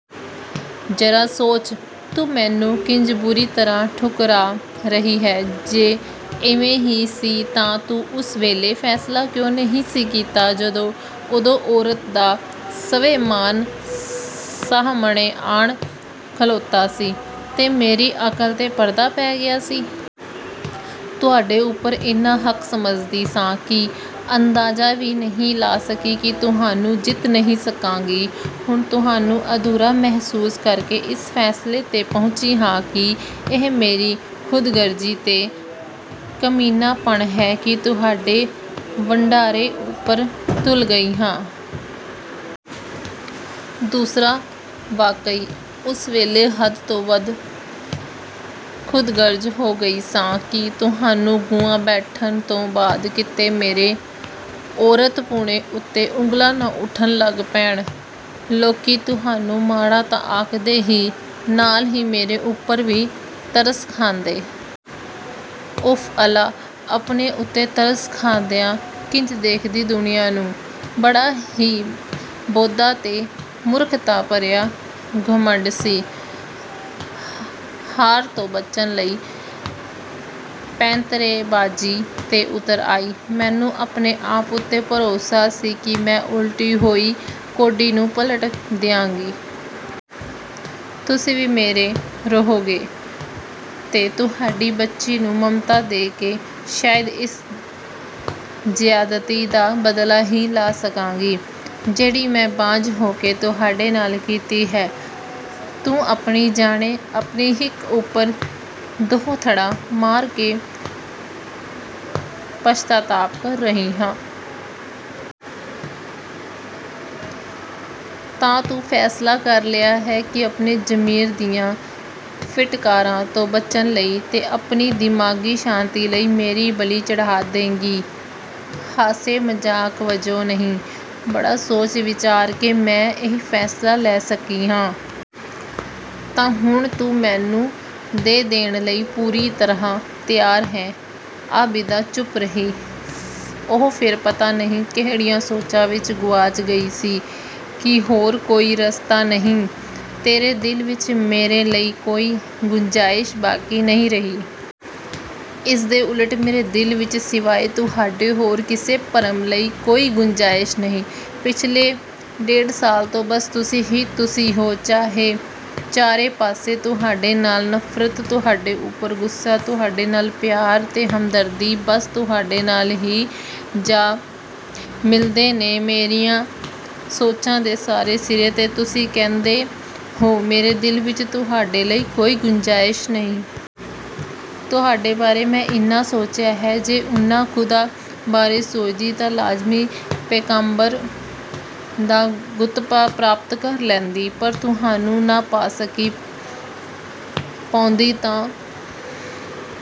"ਜ਼ਰਾ ਸੋਚ, ਤੂੰ ਮੈਨੂੰ ਕਿੰਜ ਬੁਰੀ ਤਰ੍ਹਾਂ ਠੁਕਰਾ ਰਹੀ ਹੈਂ? ਜੇ ਇਵੇਂ ਹੀ ਸੀ ਤਾਂ ਤੂੰ ਉਸ ਵੇਲੇ ਫ਼ੈਸਲਾ ਕਿਉਂ ਨਹੀਂ ਸੀ ਕੀਤਾ ਜਦੋਂ" "ਉਦੋਂ ਔਰਤ ਦਾ ਸਵੈਮਾਨ ਸਾਹਮਣੇ ਆਣ ਖਲੋਤਾ ਸੀ, ਤੇ ਮੇਰੀ ਅਕਲ 'ਤੇ ਪਰਦਾ ਪੈ ਗਿਆ ਸੀ। ਤੁਹਾਡੇ ਉੱਪਰ ਇੰਨਾ ਹੱਕ ਸਮਝਦੀ ਸਾਂ ਕਿ ਅੰਦਾਜ਼ਾ ਵੀ ਨਹੀਂ ਲਾ ਸਕੀ ਕਿ ਤੁਹਾਨੂੰ ਜਿੱਤ ਨਹੀਂ ਸਕਾਂਗੀ। ਹੁਣ ਤੁਹਾਨੂੰ ਅਧੂਰਾ ਮਹਿਸੂਸ ਕਰਕੇ ਇਸ ਫ਼ੈਸਲੇ 'ਤੇ ਪਹੁੰਚੀ ਹਾਂ ਕਿ ਇਹ ਮੇਰੀ ਖ਼ੁਦਗਰਜ਼ੀ ਤੇ ਕਮੀਨਾਪਣ ਹੈ ਕਿ ਤੁਹਾਡੇ ਵੰਡਾਰੇ ਉੱਪਰ ਤੁਲ ਗਈ ਹਾਂ। ਦੂਸਰਾ ਵਾਕਈ ਉਸ ਵੇਲੇ ਹੱਦ ਤੋਂ ਵੱਧ ਖ਼ੁਦਗਰਜ਼ ਹੋ ਗਈ ਸਾਂ ਕਿ ਤੁਹਾਨੂੰ ਗੁਆ ਬੈਠਣ ਤੋਂ ਬਾਅਦ ਕਿਤੇ ਮੇਰੇ ਔਰਤਪੁਣੇ ਉੱਤੇ ਉਂਗਲਾਂ ਨਾ ਉੱਠਣ ਲੱਗ ਪੈਣ। ਲੋਕੀ ਤੁਹਾਨੂੰ ਮਾੜਾ ਤਾਂ ਆਖਦੇ ਹੀ, ਨਾਲ ਹੀ ਮੇਰੇ ਉੱਪਰ ਵੀ ਤਰਸ ਖਾਂਦੇ। ਉਫ਼ ਅੱਲਾ, ਆਪਣੇ ਉੱਤੇ ਤਰਸ ਖਾਂਦਿਆਂ ਕਿੰਜ ਦੇਖਦੀ ਦੁਨੀਆਂ ਨੂੰ!" ਬੜਾ ਹੀ ਬੋਦਾ ਤੇ ਮੂਰਖਤਾ ਭਰਿਆ ਘੁਮੰਡ ਸੀ, ਹਾਰ ਤੋਂ ਬਚਣ ਲਈ ਪੈਂਤਰੇਬਾਜ਼ੀ 'ਤੇ ਉਤਰ ਆਈ। ਮੈਨੂੰ ਆਪਣੇ ਆਪ ਉੱਤੇ ਭਰੋਸਾ ਸੀ ਕਿ ਮੈਂ ਉਲਟੀ ਹੋਈ ਕੌਡੀ ਨੂੰ ਪਲਟ ਦਿਆਂਗੀ। ਤੁਸੀਂ ਵੀ ਮੇਰੇ ਰਹੋਗੇ ਤੇ ਤੁਹਾਡੀ ਬੱਚੀ ਨੂੰ ਮਮਤਾ ਦੇ ਕੇ ਸ਼ਾਇਦ ਇਸ ਜ਼ਿਆਦਤੀ ਦਾ ਬਦਲਾ ਵੀ ਲਾਹ ਸਕਾਂਗੀ, ਜਿਹੜੀ ਮੈਂ ਬਾਂਝ ਹੋ ਕੇ ਤੁਹਾਡੇ ਨਾਲ ਕੀਤੀ ਹੈ।" "ਤੂੰ ਆਪਣੀ ਜਾਣੇ, ਆਪਣੀ ਹਿੱਕ ਉੱਪਰ ਦੋਹੱਥੜਾਂ ਮਾਰ ਕੇ ਪਸ਼ਚਾਤਾਪ ਕਰ ਰਹੀ ਹੈਂ?" "ਤਾਂ ਤੂੰ ਫ਼ੈਸਲਾ ਕਰ ਲਿਆ ਹੈ ਕਿ ਆਪਣੇ ਜ਼ਮੀਰ ਦੀਆਂ ਫਿਟਕਾਰਾਂ ਤੋਂ ਬਚਣ ਲਈ ਤੇ ਆਪਣੀ ਦਿਮਾਗ਼ੀ ਸ਼ਾਂਤੀ ਲਈ ਮੇਰੀ ਬਲੀ ਚੜ੍ਹਾ ਦੇਂਗੀ?" "ਹਾਸੇ ਮਜ਼ਾਕ ਵਜੋਂ ਨਹੀਂ, ਬੜਾ ਸੋਚ-ਵਿਚਾਰ ਕੇ ਮੈਂ ਇਹ ਫ਼ੈਸਲਾ ਲੈ ਸਕੀ ਹਾਂ।" "ਤਾਂ ਹੁਣ ਤੂੰ ਮੈਨੂੰ ਦੇ-ਦੇਣ ਲਈ ਪੂਰੀ ਤਰ੍ਹਾਂ ਤਿਆਰ ਹੈਂ?" ਆਬਿਦਾ ਚੁੱਪ ਰਹੀ। ਉਹ ਫਿਰ ਪਤਾ ਨਹੀਂ ਕਿਹੜੀਆਂ ਸੋਚਾਂ ਵਿੱਚ ਗੁਆਚ ਗਈ ਸੀ।"ਕੀ ਹੋਰ ਕੋਈ ਰਸਤਾ ਨਹੀਂ? ਤੇਰੇ ਦਿਲ ਵਿੱਚ ਮੇਰੇ ਲਈ ਕੋਈ ਗੁੰਜਾਇਸ਼ ਬਾਕੀ ਨਹੀਂ ਰਹੀ?" "ਇਸ ਦੇ ਉਲਟ, ਮੇਰੇ ਦਿਲ ਵਿੱਚ ਸਿਵਾਏ, ਤੁਹਾਡੇ ਹੋਰ ਕਿਸੇ ਭਰਮ ਲਈ ਕੋਈ ਗੁੰਜਾਇਸ਼ ਨਹੀਂ। ਪਿਛਲੇ ਡੇਢ ਸਾਲ ਤੋਂ ਬਸ ਤੁਸੀਂ ਹੀ ਤੁਸੀਂ ਹੋ ਚਾਰੇ ਪਾਸੇ। ਤੁਹਾਡੇ ਨਾਲ ਨਫ਼ਰਤ, ਤੁਹਾਡੇ ਉੱਪਰ ਗੁੱਸਾ, ਤੁਹਾਡੇ ਨਾਲ ਪਿਆਰ ਤੇ ਹਮਦਰਦੀ ਬੱਸ, ਤੁਹਾਡੇ ਨਾਲ ਹੀ ਜਾ ਮਿਲਦੇ ਨੇ ਮੇਰੀਆਂ ਸੋਚਾਂ ਦੇ ਸਾਰੇ ਸਿਰੇ ਤੇ ਤੁਸੀਂ ਕਹਿੰਦੇ ਹੋ, ਮੇਰੇ ਦਿਲ ਵਿੱਚ ਤੁਹਾਡੇ ਲਈ ਕੋਈ ਗੁੰਜਾਇਸ਼ ਨਹੀਂ! ਤੁਹਾਡੇ ਬਾਰੇ ਮੈਂ ਇੰਨਾ ਸੋਚਿਆ ਹੈ, ਜੇ ਓਨਾ ਖ਼ੁਦਾ ਬਾਰੇ ਸੋਚਦੀ ਤਾਂ ਲਾਜ਼ਮੀ ਪੈਗ਼ੰਬਰ ਦਾ ਰੁਤਬਾ ਪ੍ਰਾਪਤ ਕਰ ਲੈਂਦੀ। ਪਰ ਤੁਹਾਨੂੰ ਨਾ ਪਾ ਸਕੀ।" "ਪਾਉਂਦੀ ਤਾਂ"